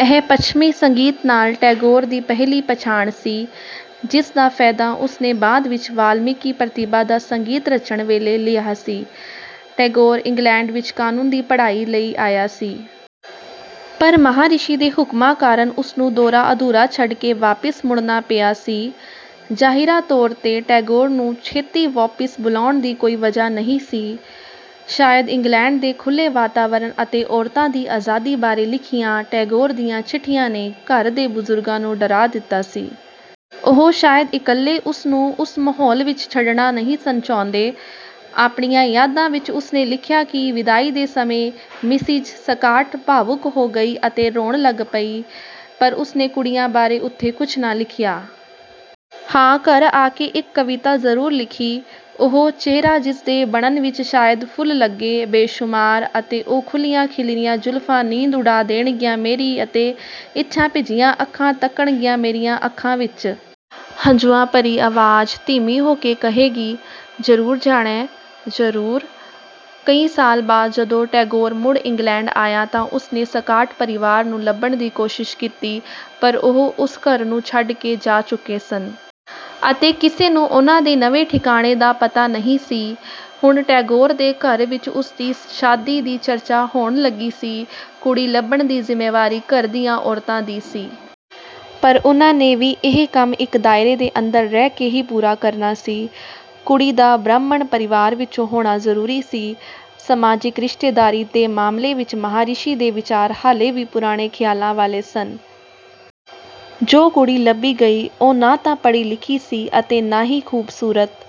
ਇਹ ਪੱਛਮੀ ਸੰਗੀਤ ਨਾਲ ਟੈਗੋਰ ਦੀ ਪਹਿਲੀ ਪਛਾਣ ਸੀ। ਜਿਸ ਦਾ ਫਾਇਦਾ ਉਸ ਨੇ ਬਾਅਦ ਵਿੱਚ ਵਾਲਮੀਕਿ ਪ੍ਰਤਿਭਾ ਦਾ ਸੰਗੀਤ ਰਚਣ ਵੇਲੇ ਲਿਆ ਸੀ। ਟੈਗੋਰ ਇੰਗਲੈਂਡ ਵਿੱਚ ਕਾਨੂੰਨ ਦੀ ਪੜ੍ਹਾਈ ਲਈ ਆਇਆ ਸੀ। ਪਰ ਮਹਾਰਿਸ਼ੀ ਦੇ ਹੁਕਮਾਂ ਕਾਰਨ ਉਸ ਨੂੰ ਦੌਰਾ ਅਧੂਰਾ ਛੱਡ ਕੇ ਵਾਪਿਸ ਮੁੜਨਾ ਪਿਆ ਸੀ। ਜ਼ਾਹਿਰਾ ਤੌਰ ਤੇ ਟੈਗੋਰ ਨੂੰ ਛੇਤੀ ਵਾਪਿਸ ਬੁਲਾਉਣ ਦੀ ਕੋਈ ਵਜ੍ਹਾ ਨਹੀਂ ਸੀ। ਸ਼ਾਇਦ ਇੰਗਲੈਂਡ ਦੇ ਖੁੱਲ੍ਹੇ ਵਾਤਾਵਰਨ ਅਤੇ ਔਰਤਾਂ ਦੀ ਆਜ਼ਾਦੀ ਬਾਰੇ ਲਿਖੀਆਂ ਟੈਗੋਰ ਦੀਆਂ ਚਿੱਠੀਆਂ ਨੇ ਘਰ ਦੇ ਬਜ਼ੁਰਗਾਂ ਨੂੰ ਡਰਾ ਦਿੱਤਾ ਸੀ। ਉਹ ਸ਼ਾਇਦ ਇਕੱਲੇ ਉਸ ਨੂੰ ਉਸ ਮਾਹੌਲ ਵਿੱਚ ਛੱਡਣਾ ਨਹੀਂ ਸਨ ਚਾਹੁੰਦੇ। ਆਪਣੀਆਂ ਯਾਦਾਂ ਵਿੱਚ ਉਸ ਨੇ ਲਿਖਿਆ ਕਿ ਵਿਦਾਈ ਦੇ ਸਮੇਂ ਮਿਸਿਜ਼ ਸਕਾਟ ਭਾਵੁਕ ਹੋ ਗਈ ਅਤੇ ਰੋਣ ਲੱਗ ਪਈ। ਪਰ ਉਸ ਨੇ ਕੁੜੀਆਂ ਬਾਰੇ ਉੱਥੇ ਕੁਝ ਨਾ ਲਿਖਿਆ। ਹਾਂ ਘਰ ਆ ਕੇ ਇੱਕ ਕਵਿਤਾ ਜ਼ਰੂਰ ਲਿਖੀ: "ਉਹ ਚਿਹਰਾ ਜਿਸ ਦੇ ਬਣਨ ਵਿੱਚ ਸ਼ਾਇਦ ਫੁੱਲ ਲੱਗੇ ਬੇਸ਼ੁਮਾਰ ਅਤੇ ਉਹ ਖੁੱਲ੍ਹੀਆਂ ਖਿਲਰੀਆਂ ਜ਼ੁਲਫ਼ਾਂ ਨੀਂਦ ਉਡਾ ਦੇਣਗੀਆਂ ਮੇਰੀ ਅਤੇ ਇੱਛਾ ਭਿੱਜੀਆਂ ਅੱਖਾਂ ਤੱਕਣਗੀਆਂ ਮੇਰੀਆਂ ਅੱਖਾਂ ਵਿੱਚ। ਹੰਝੂਆਂ ਭਰੀ ਆਵਾਜ਼ ਧੀਮੀ ਹੋ ਕੇ ਕਹੇਗੀ: ਜ਼ਰੂਰ ਜਾਣੈ? ਜ਼ਰੂਰ?" ਕਈ ਸਾਲ ਬਾਅਦ ਜਦੋਂ ਟੈਗੋਰ ਮੁੜ ਇੰਗਲੈਂਡ ਆਇਆ ਤਾਂ ਉਸ ਨੇ ਸਕਾਟ ਪਰਿਵਾਰ ਨੂੰ ਲੱਭਣ ਦੀ ਕੋਸ਼ਿਸ਼ ਕੀਤੀ। ਪਰ ਉਹ ਉਸ ਘਰ ਨੂੰ ਛੱਡ ਕੇ ਜਾ ਚੁੱਕੇ ਸਨ। ਅਤੇ ਕਿਸੇ ਨੂੰ ਉਨ੍ਹਾਂ ਦੇ ਨਵੇਂ ਠਿਕਾਣੇ ਦਾ ਪਤਾ ਨਹੀਂ ਸੀ। ਹੁਣ ਟੈਗੋਰ ਦੇ ਘਰ ਵਿੱਚ ਉਸ ਦੀ ਸ਼ਾਦੀ ਦੀ ਚਰਚਾ ਹੋਣ ਲੱਗੀ ਸੀ। ਕੁੜੀ ਲੱਭਣ ਦੀ ਜ਼ਿੰਮੇਵਾਰੀ ਘਰ ਦੀਆਂ ਔਰਤਾਂ ਦੀ ਸੀ। ਪਰ ਉਨ੍ਹਾਂ ਨੇ ਵੀ ਇਹ ਕੰਮ ਇੱਕ ਦਾਇਰੇ ਦੇ ਅੰਦਰ ਰਹਿ ਕੇ ਹੀ ਪੂਰਾ ਕਰਨਾ ਸੀ। ਕੁੜੀ ਦਾ ਬ੍ਰਾਹਮਣ ਪਰਿਵਾਰ ਵਿੱਚੋਂ ਹੋਣਾ ਜ਼ਰੂਰੀ ਸੀ। ਸਮਾਜਿਕ ਰਿਸ਼ਤੇਦਾਰੀ ਦੇ ਮਾਮਲੇ ਵਿੱਚ ਮਹਾਰਿਸ਼ੀ ਦੇ ਵਿਚਾਰ ਹਾਲੇ ਵੀ ਪੁਰਾਣੇ ਖਿਆਲਾਂ ਵਾਲੇ ਸਨ। ਜੋ ਕੁੜੀ ਲੱਭੀ ਗਈ ਉਹ ਨਾ ਤਾਂ ਪੜ੍ਹੀ-ਲਿਖੀ ਸੀ ਅਤੇ ਨਾ ਹੀ ਖੂਬਸੂਰਤ।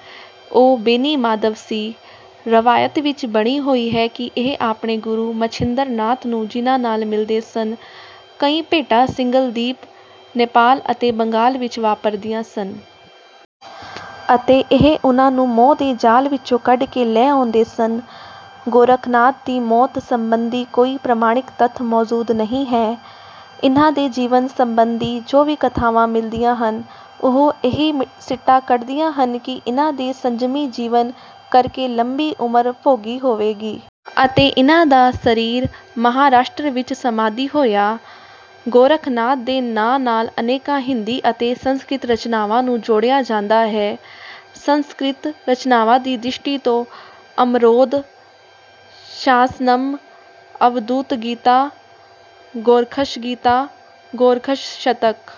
ਉਹ ਬੇਨੀ ਮਾਧਵ ਸੀ। ਰਵਾਇਤ ਵਿੱਚ ਬਣੀ ਹੋਈ ਹੈ ਕਿ ਇਹ ਆਪਣੇ ਗੁਰੂ ਮਛਿੰਦਰਨਾਥ ਨੂੰ ਜਿਨਾਂ ਨਾਲ ਮਿਲਦੇ ਸਨ। ਕਈ ਭੇਟਾਂ ਸਿੰਘਲਦੀਪ, ਨੇਪਾਲ ਅਤੇ ਬੰਗਾਲ ਵਿੱਚ ਵਾਪਰਦੀਆਂ ਸਨ। ਅਤੇ ਇਹ ਉਨ੍ਹਾਂ ਨੂੰ ਮੋਹ ਦੇ ਜਾਲ ਵਿੱਚੋਂ ਕੱਢ ਕੇ ਲੈ ਆਉਂਦੇ ਸਨ। ਗੋਰਖਨਾਥ ਦੀ ਮੌਤ ਸੰਬੰਧੀ ਕੋਈ ਪ੍ਰਮਾਣਿਕ ਤੱਥ ਮੌਜੂਦ ਨਹੀਂ ਹੈ। ਇਨ੍ਹਾਂ ਦੇ ਜੀਵਨ ਸੰਬੰਧੀ ਜੋ ਵੀ ਕਥਾਵਾਂ ਮਿਲਦੀਆਂ ਹਨ ਉਹ ਇਹੀ ਸਿੱਟਾ ਕੱਢਦੀਆਂ ਹਨ ਕਿ ਇਨ੍ਹਾਂ ਨੇ ਸੰਜਮੀ ਜੀਵਨ ਕਰਕੇ ਲੰਮੀ ਉਮਰ ਭੋਗੀ ਹੋਵੇਗੀ। ਅਤੇ ਇਨ੍ਹਾਂ ਦਾ ਸਰੀਰ ਮਹਾਰਾਸ਼ਟਰ ਵਿੱਚ ਸਮਾਧੀ ਹੋਇਆ। ਗੋਰਖਨਾਥ ਦੇ ਨਾਂ ਨਾਲ ਅਨੇਕਾਂ ਹਿੰਦੀ ਅਤੇ ਸੰਸਕ੍ਰਿਤ ਰਚਨਾਵਾਂ ਨੂੰ ਜੋੜਿਆ ਜਾਂਦਾ ਹੈ। ਸੰਸਕ੍ਰਿਤ ਰਚਨਾਵਾਂ ਦੀ ਦ੍ਰਿਸ਼ਟੀ ਤੋਂ ਅਮਰੌਧ, ਸ਼ਾਸਨਮ, ਅਵਧੂਤ ਗੀਤਾ, ਗੋਰਖਸ਼ ਗੀਤਾ, ਗੋਰਖਸ਼ ਸ਼ਤਕ,